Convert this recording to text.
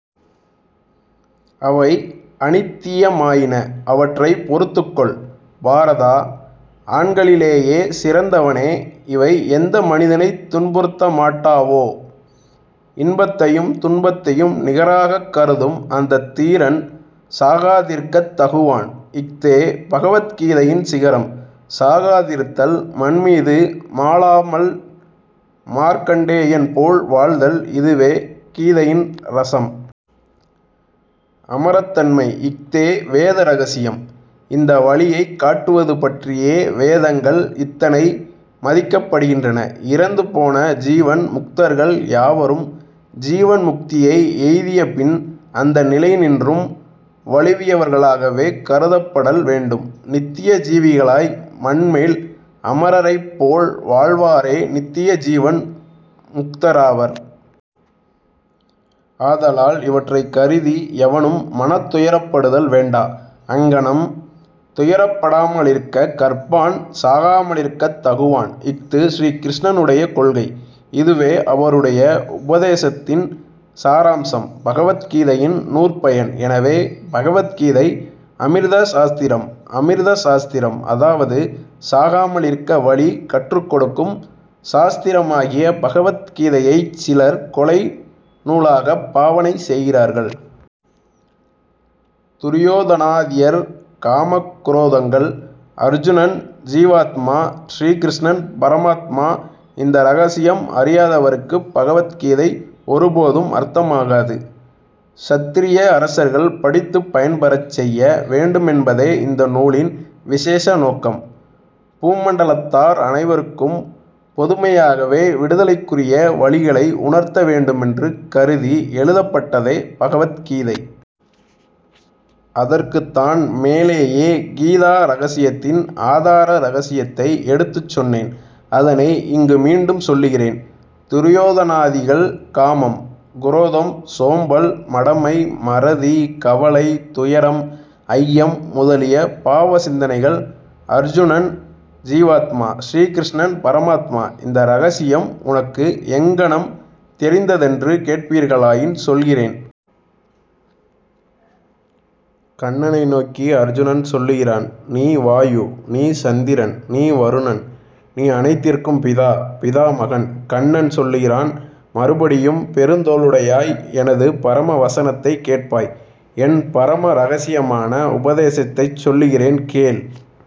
அவை அநித்தியமாயின. அவற்றைப் பொறுத்துக் கொள், பாரதா! ஆண்களிலேயே சிறந்தவனே, இவை எந்த மனிதனைத் துன்புறுத்தமாட்டாவோ, இன்பத்தையும் துன்பத்தையும் நிகராகக் கருதும் அந்தத் தீரன் சாகாதிருக்கத் தகுவான். இஃதே பகவத் கீதையின் சிகரம். சாகாதிருத்தல், மண் மீது மாளாமல் மார்க்கண்டேயன் போல் வாழ்தல், இதுவே கீதையின் ரசம். அமரத்தன்மை. இஃதே வேத ரகசியம். இந்த வழியைக் காட்டுவது பற்றியே வேதங்கள் இத்தனை மதிக்கப்படுகின்றன. இறந்து போன ஜீவன் முக்தர்கள் யாவரும் ஜீவன் முக்தியை எய்திய பின் அந்த நிலையினின்றும் வழுவியவர்களாகவே கருதப்படல் வேண்டும். நித்திய ஜீவிகளாய் மண்மேல் அமரரைப் போல் வாழ்வாரே நித்திய ஜீவன் முக்தராவர். ஆதலால் இவற்றைக் கருதி எவனும் மனத்துயரப்படுதல் வேண்டா. அங்ஙனம் துயரப்படாமலிருக்கக் கற்பான் சாகாமலிருக்கத் தகுவான். இஃது ஸ்ரீ கிருஷ்ணனுடைய கொள்கை. இதுவே அவருடைய உபதேசத்தின் சாராம்சம். பகவத் கீதையின் நூற்பயன். எனவே பகவத் கீதை அமிர்த சாஸ்திரம். அமிர்த சாஸ்திரம், அதாவது சாகாமலிருக்க வழி கற்றுக் கொடுக்கும் சாஸ்திரமாகிய பகவத் கீதையைச் சிலர் கொலை நூலாகப் பாவனை செய்கிறார்கள். துரியோதனாதியர் காமக் குரோதங்கள். அர்ஜுனன் ஜீவாத்மா. ஸ்ரீ கிருஷ்ணன் பரமாத்மா. இந்த ரகசியம் அறியாதவருக்குப் பகவத் கீதை ஒருபோதும் அர்த்தமாகாது. க்ஷத்திரிய அரசர்கள் படித்துப் பயன்பெறச் செய்ய வேண்டுமென்பதே இந்த நூலின் விசேஷ நோக்கம். பூமண்டலத்தார் அனைவருக்கும் பொதுமையாகவே விடுதலைக்குரிய வழிகளை உணர்த்த வேண்டுமென்று கருதி எழுதப்பட்டதே பகவத் கீதை. அதற்குத்தான் மேலேயே கீதா ரகசியத்தின் ஆதார ரகசியத்தை எடுத்துச் சொன்னேன். அதனை, இங்கு மீண்டும் சொல்லுகிறேன். துரியோதனாதிகள் காமம், குரோதம், சோம்பல், மடமை, மறதி, கவலை, துயரம், ஐயம் முதலிய பாவ சிந்தனைகள். அர்ஜுனன் ஜீவாத்மா. ஸ்ரீ கிருஷ்ணன் பரமாத்மா. இந்த ரகசியம் உனக்கு எங்ஙனம் தெரிந்ததென்று கேட்பீர்களாயின், சொல்கிறேன். கண்ணனை நோக்கி அர்ஜுனன் சொல்லுகிறான், நீ வாயு, நீ சந்திரன், நீ வருணன், நீ அனைத்திற்கும் பிதா, பிதாமகன். கண்ணன் சொல்லுகிறான், மறுபடியும், பெருந்தோளுடையாய், எனது பரம வசனத்தைக் கேட்பாய். என் பரம ரகசியமான உபதேசத்தைச் சொல்கிறேன், கேள்.